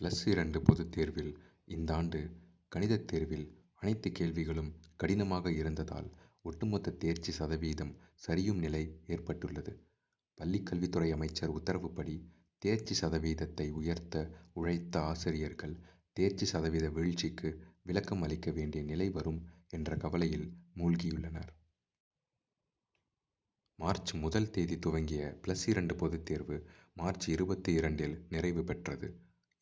Plus இரண்டு பொதுத்தேர்வில் இந்தாண்டு கணித தேர்வில் அனைத்து கேள்விகளும் கடினமாக இருந்ததால் ஒட்டுமொத்த தேர்ச்சி சதவீதம் சரியும் நிலை ஏற்பட்டுள்ளது. பள்ளி கல்வித்துறை அமைச்சர் உத்தரவுப்படி தேர்ச்சி சதவீதத்தை உயர்த்த உழைத்த ஆசிரியர்கள் தேர்ச்சி சதவீத வீழ்ச்சிக்கு விளக்கம் அளிக்க வேண்டிய நிலை வரும் என்ற கவலையில் மூழ்கியுள்ளனர். மார்ச் முதல் தேதி துவங்கிய பிளஸ் இரண்டு பொது தேர்வு மார்ச் இருபத்து இரண்டில் நிறைவு பெற்றது.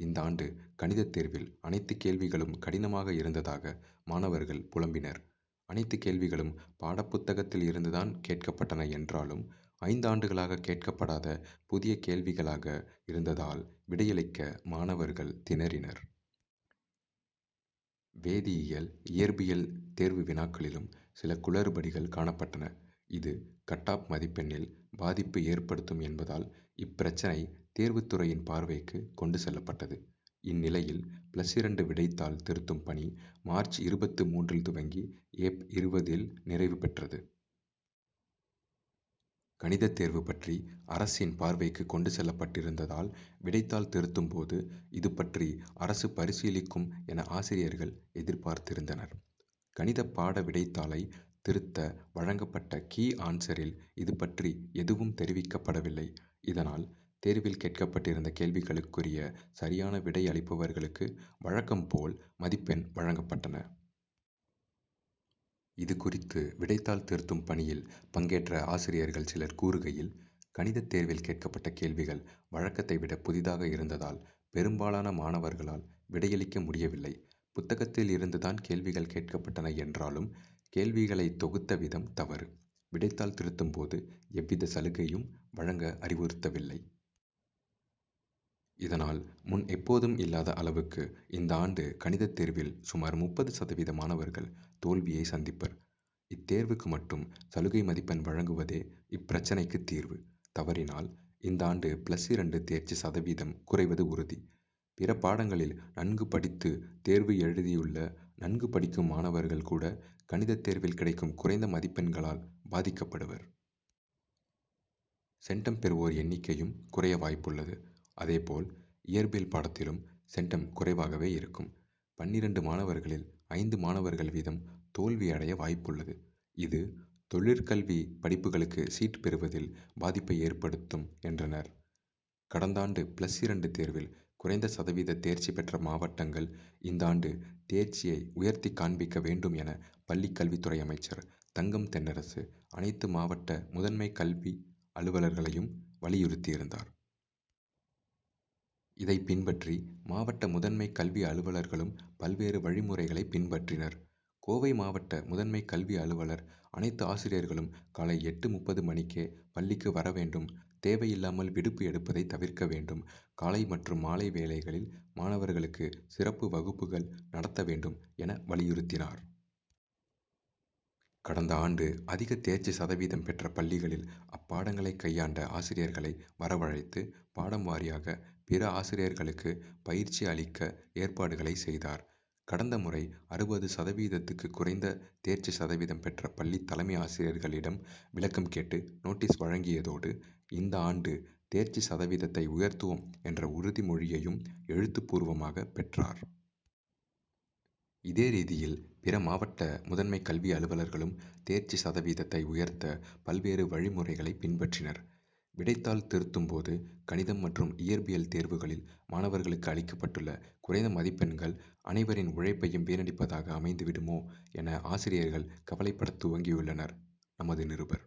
இந்தாண்டு கணித தேர்வில் அனைத்துக் கேள்விகளும் கடினமாக இருந்ததாக மாணவர்கள் புலம்பினர். அனைத்து கேள்விகளும் பாடப்புத்தகத்தில் இருந்துதான் கேட்கப்பட்டன என்றாலும் ஐந்தாண்டுகளாக கேட்கப்படாத புதிய கேள்விகளாக இருந்ததால் விடையளிக்க மாணவர்கள் திணறினர். வேதியியல் இயற்பியல் தேர்வு வினாக்களிலும் சில குளறுபடிகள் காணப்பட்டன. இது கட் ஆப் மதிப்பெண்ணில் பாதிப்பு ஏற்படுத்தும் என்பதால் இப்பிரச்னை தேர்வு துறையின் பார்வைக்கு கொண்டு செல்லப்பட்டது. இந்நிலையில் பிளஸ் இரண்டு விடைத்தாள் திருத்தும் பணி மார்ச் இருபத்து மூன்று ல் துவங்கி ஏப். இருபதில் நிறைவு பெற்றது. கணித தேர்வு பற்றி அரசின் பார்வைக்கு கொண்டு செல்லப்பட்டிருந்ததால் விடைத்தாள் திருத்தும்போது இதுபற்றி அரசு பரிசீலிக்கும் என ஆசிரியர்கள் எதிர்பார்த்திருந்தனர். கணித பாட விடைத்தாளை திருத்த வழங்கப்பட்ட கீ ஆன்சரில் இதுபற்றி எதுவும் தெரிவிக்கப்படவில்லை. இதனால் தேர்வில் கேட்கப்பட்டிருந்த கேள்விகளுக்குரிய சரியான விடை அளிப்பவர்களுக்கு வழக்கம் போல் மதிப்பெண் வழங்கப்பட்டன. இதுகுறித்து விடைத்தாள் திருத்தும் பணியில் பங்கேற்ற ஆசிரியர்கள் சிலர் கூறுகையில் கணித தேர்வில் கேட்கப்பட்ட கேள்விகள் வழக்கத்தை விட புதிதாக இருந்ததால் பெரும்பாலான மாணவர்களால் விடையளிக்க முடியவில்லை. புத்தகத்தில் இருந்துதான் கேள்விகள் கேட்கப்பட்டன என்றாலும் கேள்விகளை தொகுத்த விதம் தவறு. விடைத்தாள் திருத்தும்போது எவ்வித சலுகையும் வழங்க அறிவுறுத்தவில்லை. இதனால் முன் எப்போதும் இல்லாத அளவுக்கு இந்தாண்டு கணித தேர்வில் சுமார் முப்பது சதவீத மாணவர்கள் தோல்வியை சந்திப்பர். இத்தேர்வுக்கு மட்டும் சலுகை மதிப்பெண் வழங்குவதே இப்பிரச்னைக்கு தீர்வு. தவறினால் இந்தாண்டு பிளஸ் இரண்டு தேர்ச்சி சதவீதம் குறைவது உறுதி. பிற பாடங்களில் நன்கு படித்து தேர்வு எழுதியுள்ள நன்கு படிக்கும் மாணவர்கள் கூட கணித தேர்வில் கிடைக்கும் குறைந்த மதிப்பெண்களால் பாதிக்கப்படுவர். சென்டம் பெறுவோர் எண்ணிக்கையும் குறைய வாய்ப்புள்ளது. அதேபோல் இயற்பியல் பாடத்திலும் சென்டம் குறைவாகவே இருக்கும். பன்னிரண்டு மாணவர்களில் ஐந்து மாணவர்கள் வீதம் தோல்வி அடைய வாய்ப்புள்ளது. இதுதொழிற் கல்வி படிப்புகளுக்கு சீட் பெறுவதில் பாதிப்பை ஏற்படுத்தும் என்றனர். கடந்தாண்டு பிளஸ் இரண்டு தேர்வில் குறைந்த சதவீத தேர்ச்சி பெற்ற மாவட்டங்கள் இந்தாண்டு தேர்ச்சியை உயர்த்திக்காண்பிக்க வேண்டும் என பள்ளி கல்வித்துறை அமைச்சர் தங்கம் தென்னரசு அனைத்து மாவட்ட முதன்மை கல்வி அலுவலர்களையும் வலியுறுத்தியிருந்தார். இதைப்பின்பற்றி மாவட்ட முதன்மை கல்வி அலுவலர்களும் பல்வேறு வழிமுறைகளை பின்பற்றினர். கோவை மாவட்ட முதன்மை கல்வி அலுவலர் அனைத்து ஆசிரியர்களும் காலை எட்டு முப்பது மணிக்கே பள்ளிக்கு வர வேண்டும் தேவையில்லாமல் விடுப்பு எடுப்பதை தவிர்க்க வேண்டும். காலை மற்றும் மாலை வேளைகளில் மாணவர்களுக்கு சிறப்பு வகுப்புகள் நடத்த வேண்டும் என வலியுறுத்தினார். கடந்த ஆண்டு அதிக தேர்ச்சி சதவீதம் பெற்ற பள்ளிகளில் அப்பாடங்களை கையாண்ட ஆசிரியர்களை வரவழைத்து பாடம் வாரியாக பிற ஆசிரியர்களுக்கு பயிற்சி அளிக்க ஏற்பாடுகளை செய்தார். கடந்த முறை அறுபது சதவீதத்துக்கு குறைந்த தேர்ச்சி சதவீதம் பெற்ற பள்ளி தலைமை ஆசிரியர்களிடம் விளக்கம் கேட்டு நோட்டீஸ் வழங்கியதோடு இந்த ஆண்டு தேர்ச்சி சதவீதத்தை உயர்த்துவோம் என்ற உறுதி மொழியையும் எழுத்துப் பூர்வமாக பெற்றார். இதே ரீதியில் பிற மாவட்ட முதன்மை கல்வி அலுவலர்களும் தேர்ச்சி சதவீதத்தை உயர்த்த பல்வேறு வழிமுறைகளை பின்பற்றினர். விடைத்தாள் திருத்தும் போது கணிதம் மற்றும் இயற்பியல் தேர்வுகளில் மாணவர்களுக்கு அளிக்கப்பட்டுள்ள குறைந்த மதிப்பெண்கள் அனைவரின் உழைப்பையும் வீணடிப்பதாக அமைந்து விடுமோ என ஆசிரியர்கள் கவலைப்பட துவங்கியுள்ளனர். நமது நிருபர்.